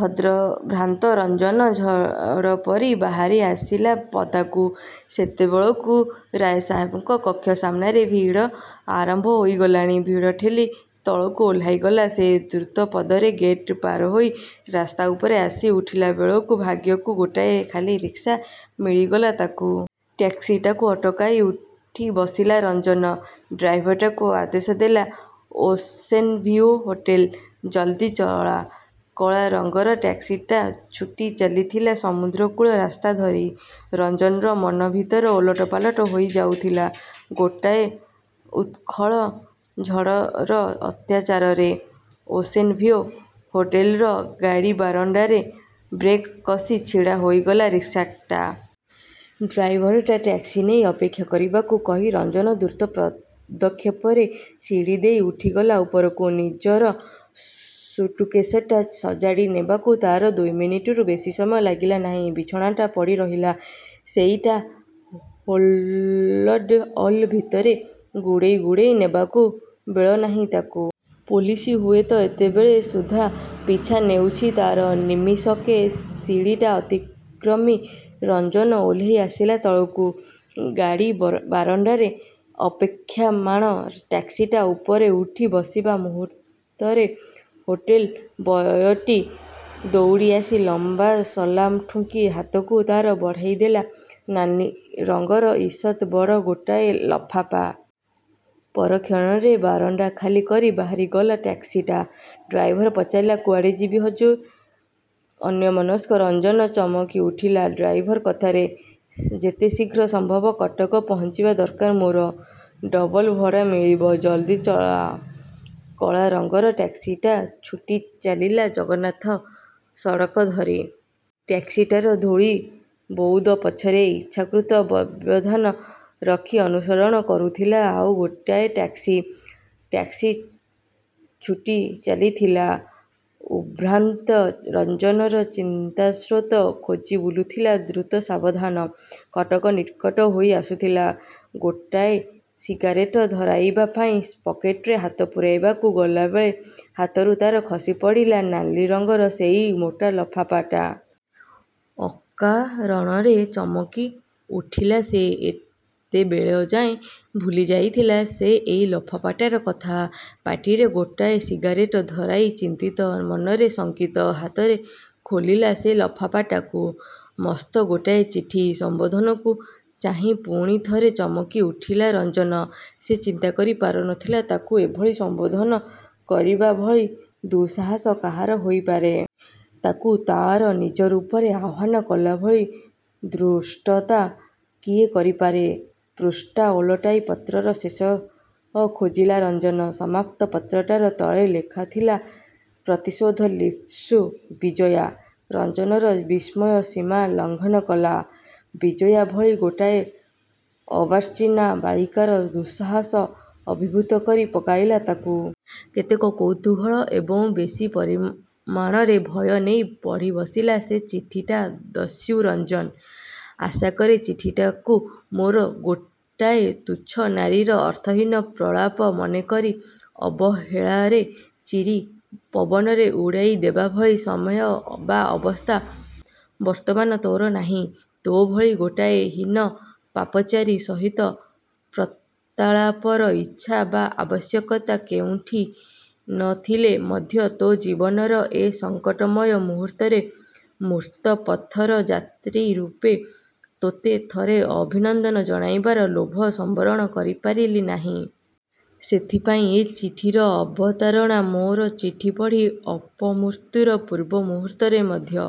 ଭଦ୍ରଭ୍ରାନ୍ତ ରଞ୍ଜନ ଝଡ଼ ପରି ବାହାରି ଆସିଲା ପଦାକୁ। ସେତେବେଳକୁ ରାୟସାହେବଙ୍କ କକ୍ଷ ସାମ୍ନାରେ ଭିଡ଼ ଆରମ୍ଭ ହୋଇଗଲାଣି। ଭିଡ଼ ଠେଲି ତଳକୁ ଓହ୍ଲାଇଗଲା ସେ। ଦ୍ରୁତପଦରେ ଗେଟ୍ ପାର ହୋଇ ରାସ୍ତା ଉପରେ ଆସି ଉଠିଲାବେଳକୁ ଭାଗ୍ୟକୁ ଗୋଟାଏ ଖାଲି ରିକ୍ସା ମିଳିଗଲା ତାକୁ। ଟାକ୍ସିଟାକୁ ଅଟକାଇ ଉଠି ବସିଲା ରଞ୍ଜନ। ଡ୍ରାଇଭରଟାକୁ ଆଦେଶ ଦେଲା ଓସେନଭିଉ ହୋଟେଲ। ଜଲଦି ଚଳା। କଳାରଙ୍ଗର ଟାକ୍ସିଟା ଛୁଟି ଚାଲିଥିଲା ସମୁଦ୍ରକୂଳ ରାସ୍ତା ଧରି। ରଞ୍ଜନର ମନ ଭିତର ଓଲଟପାଲଟ ହୋଇ ଯାଉଥିଲା ଗୋଟାଏ ଉତ୍ଶୃଙ୍ଖଳ ଝଡ଼ର ଅତ୍ୟାଚାରରେ। ଓସେନ ଭିଉ ହୋଟେଲର ଗାଡ଼ିବାରଣ୍ତାରେ ବ୍ରେକ କସି ଛିଡ଼ା ହୋଇଗଲା ରିକ୍ସାଟା। ଡ୍ରାଇଭରଟା ଟାକ୍ସି ନେଇ ଅପେକ୍ଷା କରିବାକୁ କହି ରଞ୍ଜନ ଦ୍ରୁତ ପଦକ୍ଷେପରେ ସିଡ଼ିଦେଇ ଉଠିଗଲା ଉପରକୁ। ନିଜର ସୁଟକେଶଟା ସଜାଡ଼ି ନେବାକୁ ତାର ଦୁଇମିନିଟରୁ ବେଶି ସମୟ ଲାଗିଲା ନାହିଁ। ବିଛଣାଟା ପଡ଼ି ରହିଲା। ସେଇଟା ହୋଲ୍ଡ଼ଅଲ ଭିତରେ ଗୁଡ଼େଇ ଗୁଡ଼େଇ ନେବାକୁ ବେଳନାହିଁ ତାକୁ। ପୋଲିସ୍ ହୁଏତ ଏତେବେଳେ ସୁଦ୍ଧା ପିଛା ନେଉଚି ତା'ର। ନିମିଷକେ ସିଡ଼ିଟା ଅତିକ୍ରମି ରଞ୍ଜନ ଓହ୍ଲେଇ ଆସିଲା ତଳକୁ। ଗାଡ଼ିବାରଣ୍ତାରେ ଅପେକ୍ଷାମାଣ ଟାକ୍ସିଟା ଉପରେଉଠି ବସିବା ମୁହୂର୍ତ୍ତରେ ହୋଟେଲ ବୟଟି, ଦଉଡ଼ି ଆସି ଲମ୍ଵା ସଲାମ ଠୁଙ୍କି ହାତକୁ ତାର ବଢ଼ାଇଦେଲା ନାଲି ରଙ୍ଗର ଇଷତ୍ ବଡ଼ ଗୋଟାଏ ଲଫାପା। ପରକ୍ଷଣରେ ବାରଣ୍ତା ଖାଲି କରି ବାହାରିଗଲା ଟାକ୍ସିଟା। ଡ୍ରାଇଭର ପଚାରିଲା। କୁଆଡ଼େ ଯିବି ହଜୁର। ଅନ୍ୟମନସ୍କ ରଞ୍ଜନ ଚମକି ଉଠିଲା ଡ୍ରାଇଭର କଥାରେ। ଯେତେଶିଘ୍ର ସମ୍ଭବ କଟକ ପହଞ୍ଚିବା ଦରକାର ମୋର। ଡବଲ ଭଡ଼ା ମିଳିବ। ଜଲଦି ଚଲାଅ। କଳାରଙ୍ଗର ଟାକ୍ସିଟା ଛୁଟି ଚାଲିଲା ଜଗନ୍ନାଥ ସଡ଼କ ଧରି। ଟାକ୍ସିଟାର ଧୂଳି ବଉଦ ପଛରେ, ଇଚ୍ଛାକୃତ ବ୍ୟବଧାନ ରଖି ଅନୁସରଣ କରୁଥିଲା ଆଉ ଗୋଟାଏ ଟାକ୍ସି। ଟାକ୍ସି ଛୁଟି ଚାଲିଥିଲା। ଉଦ୍ଭ୍ରାନ୍ତ ରଞ୍ଜନର ଚିନ୍ତାସ୍ରୋତ ଖୋଜି ବୁଲୁଥିଲା ଦ୍ରୁତ ସାବଧାନ। କଟକ ନିକଟ ହୋଇ ଆସୁଥିଲା। ଗୋଟାଏ ସିଗାରେଟ ଧରାଇବା ପାଇଁ ପକେଟରେ ହାତ ପୁରାଇବାକୁ ଗଲାବେଳେ ହାତରୁ ତା'ର ଖସି ପଡ଼ିଲା ନାଲି ରଙ୍ଗର ସେଇ ମୋଟା ଲଫାଫାଟା। ଅକାରଣରେ ଚମକି ଉଠିଲା ସେ। ଏତେବେଳଯାଏ ଭୁଲି ଯାଇଥିଲା ସେ ଏଇ ଲଫାପାଟାର କଥା। ପାଟିରେ ଗୋଟାଏ ସିଗାରେଟ ଧରାଇ ଚିନ୍ତିତ ମନରେ ଶଙ୍କିତ ହାତରେ ଖୋଲିଲା ସେ ଲଫାପାଟାକୁ। ମସ୍ତ ଗୋଟାଏ ଚିଠି। ସଂବୋଧନକୁ ଚାହିଁ ପୁଣିଥରେ ଚମକି ଉଠିଲା ରଞ୍ଜନ। ସେ ଚିନ୍ତା କରି ପାରୁ ନ ଥିଲା ତାକୁ ଏଭଳି ସମ୍ଵୋଧନ କରିବାଭଳି ଦୁଃ-ସାହସ କାହାର ହୋଇପାରେ। ତାକୁ ତା'ର ନିଜ ରୂପରେ ଆହ୍ଵାନ କଲାଭଳି ଧୃଷ୍ଟତା କିଏ କରିପାରେ? ପୃଷ୍ଠା ଓଲଟାଇ ପତ୍ରର ଶେଷ ଖୋଜିଲା ରଞ୍ଜନ। ସମାପ୍ତ ପତ୍ରଟାର ତଳେ ଲେଖାଥିଲା ପ୍ରତିଶୋଧ ଲିପ୍ସୁ ବିଜୟା। ରଞ୍ଜନର ବିସ୍ମୟ ସୀମା ଲଘଂନ କଲା। ବିଜୟା ଭଲି ଗୋଟାଏ ଅର୍ବାଚିନା ବାଳିକାର ଦୁଃସାହସ ଅଭିଭୂତ କରି ପକାଇଲା ତାକୁ। କେତେକ କୌତୂହଳ ଏବଂ ବେଶି ପରିମାମାଣରେ ଭୟ ନେଇ ପଢ଼ିବସିଲା ସେ ଚିଠିଟା ଦସ୍ୟୁ ରଞ୍ଜନ,। ଆଶାକରେ ଚିଠିଟାକୁ ମୋର ଗୋଟାଏ ତୁଚ୍ଛ ନାରୀର ଅର୍ଥହୀନ ପ୍ରଳାପ ମନେକରି, ଅବହେଳାରେ ଚିରି ପବନରେ ଉଡ଼ାଇ ଦେବାଭଳି ସମୟ ବା ଅବସ୍ଥା ବର୍ତ୍ତମାନ ତୋର ନାହିଁ। ତୋଭଳି ଗୋଟାଏ ହୀନ ପାପଚାରୀ ସହିତ ପତ୍ରାଳାପର ଇଚ୍ଛା ବା ଆବଶ୍ୟକତା କେଉଁଟି ନ ଥିଲେ ମଧ୍ୟ ତୋ ଜୀବନର ଏ ସଙ୍କଟମୟ ମୁହୂର୍ତ୍ତରେ, ମୃତ୍ୟପଥର ଯାତ୍ରୀ ରୂପେ ତୋତେ ଥରେ ଅଭିନନ୍ଦନ ଜଣାଇବାର ଲୋଭ ସମ୍ଵରଣ କରି ପାରିଲି ନାହିଁ। ସେଥିପାଇଁ ଏ ଚିଠିର ଅବତାରଣା ମୋର ଚିଠି ପଢ଼ି ଅପମୃତ୍ୟୁର ପୂର୍ବ ମୁହୂର୍ତ୍ତରେ ମଧ୍ୟ -